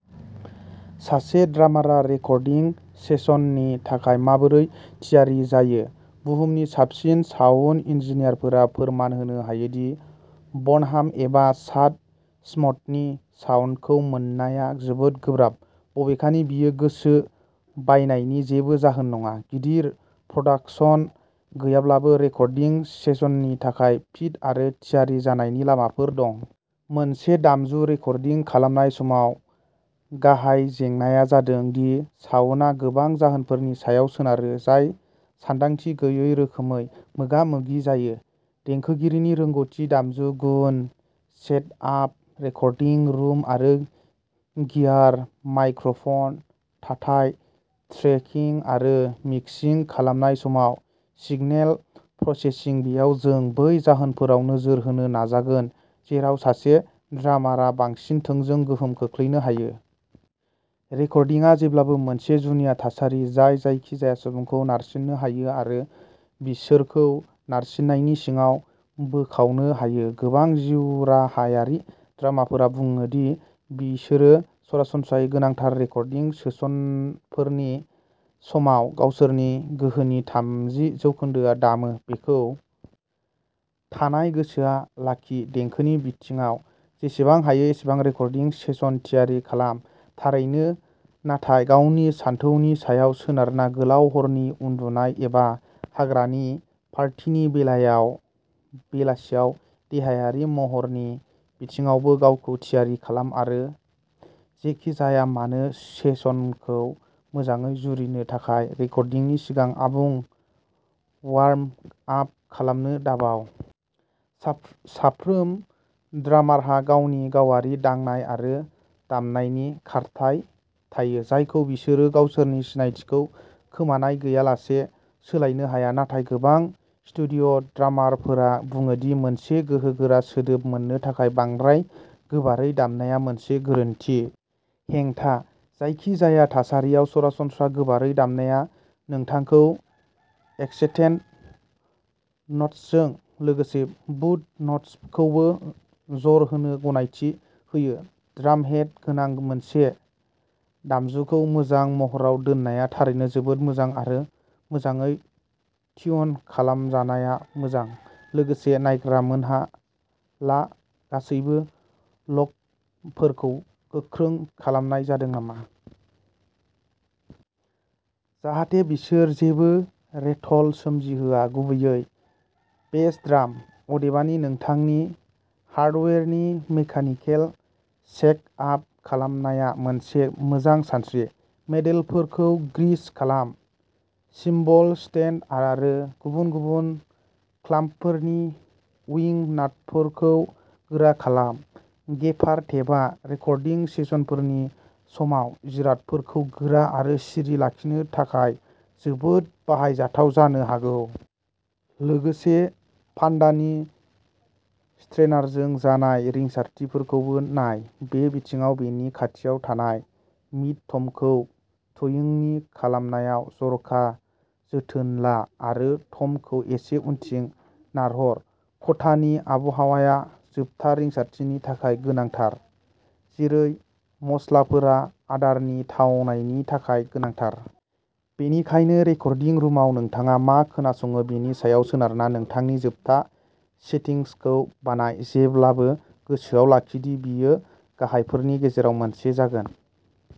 सासे ड्रामारआ रेकर्डिं सेसननि थाखाय माबोरै थियारि जायो? बुहुमनि साबसिन साउन्ड इन्जिनियारफोरा फोरमान होनो हायो दि बनहाम एबा चाड स्मिथनि साउन्डखौ मोननाया जोबोद गोब्राब! बबेखानि, बेयो गोसो बायनायनि जेबो जाहोन नङा। गिदिर प्रडाक्शन गैयाब्लाबो, रेकर्डिं सेसननि थाखाय फिट आरो थियारि जानायनि लामाफोर दं। मोनसे दामजु रेकर्डिं खालामनाय समाव गाहाय जेंनाया जादों दि साउन्डआ गोबां जाहोनफोरनि सायाव सोनारो जाय सानदांथि गैयै रोखोमै मोगा मोगि जायोः देंखोगिरिनि रोंग'थि, दामजु गुन, सेटआप, रेकर्डिं रुम आरो गियार, माइक्र'फन थाथाय, ट्रेकिं आरो मिक्सिं खालामनाय समाव सिगनेल प्रसेसिं बेयाव जों बै जाहोनफोराव नोजोर होनो नाजागोन जेराव सासे ड्रामारआ बांसिन थोंजों गोहोम खोख्लैनो हायो। रेकर्डिंआ जेब्लाबो मोनसे जुनिया थासारि जाय जायखिजाया सुबुंखौ नारसिननो हायो आरो बिसोरखौ नारसिननायनि सिङाव बोखावनो हायो। गोबां जिउराहायारि ड्रामारफोरा बुङो दि बिसोरो सरासनस्रायै गोनांथार रेकर्डिं सेसनफोरनि समाव गावसोरनि गोहोनि थामजि जौखोन्दोआव दामो। बेखौ थानाय गोसोआव लाखि, देंखोनि बिथिङाव जेसेबां हायो एसेबां रेकर्डिं सेसन थियारि खालाम, थारैनो, नाथाय गावनि सानथौनि सायाव सोनारना गोलाव हरनि उन्दुनाय एबा हाग्रानि पार्टिनि बेलासियाव देहायारि महरनि बिथिङावबो गावखौ थियारि खालाम आरो जेखि जाया मानो, सेसनखौ मोजाङै जुरिनो थाखाय रेकर्डिंनि सिगां आबुं वार्म आप खालामनो दाबाव। साफ्रोम ड्रामारहा गावनि गावारि दांनाय आरो दामनायनि खारथाइ थायो, जायखौ बिसोरो गावसोरनि सिनायथिखौ खोमानाय गैयालासे सोलायनो हाया, नाथाय गोबां स्टुडिय' ड्रामारफोरा बुङो दि मोनसे गोहोगोरा सोदोब मोननो थाखाय बांद्राय गोबारै दामनाया मोनसे गोरोन्थि। हेंथा? जायखिजाया थासारियाव, सरासनस्रा गोबारै दामनाया नोंथांखौ एक्सेन्टेड न'ट्सजों लोगोसे भुत न'ट्सखौबो जर होनो गनायथि होयो। ड्रामहेड गोनां मोनसे दामजुखौ मोजां महराव दोननाया थारैनो जोबोद मोजां आरो मोजाङै टिउन खालामजानाया मोजां। लोगोसे नायग्रोमना ला गासैबो लगफोरखौ गोख्रों खालामनाय जादों नामा। जाहाथे बिसोर जेबो रेटल सोमजिहोआ, गुबैयै बेस ड्राम। अदेबानि, नोंथांनि हार्डवेयारनि मेकानिकेल चेकआप खालामनाया मोनसे मोजां सानस्रिः पेडेलफोरखौ ग्रीस खालाम, सिम्बल स्टेन्ड आरो गुबुन गुबुन क्लाम्पफोरनि उइं नाटफोरखौ गोरा खालाम। गेफार टेपआ रेकर्डिं सेसनफोरनि समाव जिरादफोरखौ गोरा आरो सिरि लाखिनो थाखाय जोबोद बाहायजाथाव जानो हागौ। लोगोसे, फान्दानि स्ट्रेनारजों जानाय रिंसारथिफोरखौबो नाय। बे बिथिङाव, बेनि खाथियाव थानाय मिड-टमखौ ट्युनिं खालामनायाव जर'खा जोथोन ला आरो टमखौ एसे उनथिं नारहर। खथानि आबहावाया जोबथा रिंसारथिनि थाखाय गोनांथार, जेरै मस्लाफोरा आदारनि थावनायनि थाखाय गोनांथार। बेनिखायनो रेकर्डिं रुमाव नोंथाङा मा खोनासङो बेनि सायाव सोनारना नोंथांनि जोबथा सेटिंसखौ बानाय, जेब्लाबो गोसोआव लाखि दि बेयो गाहायफोरनि गेजेराव मोनसे जागोन।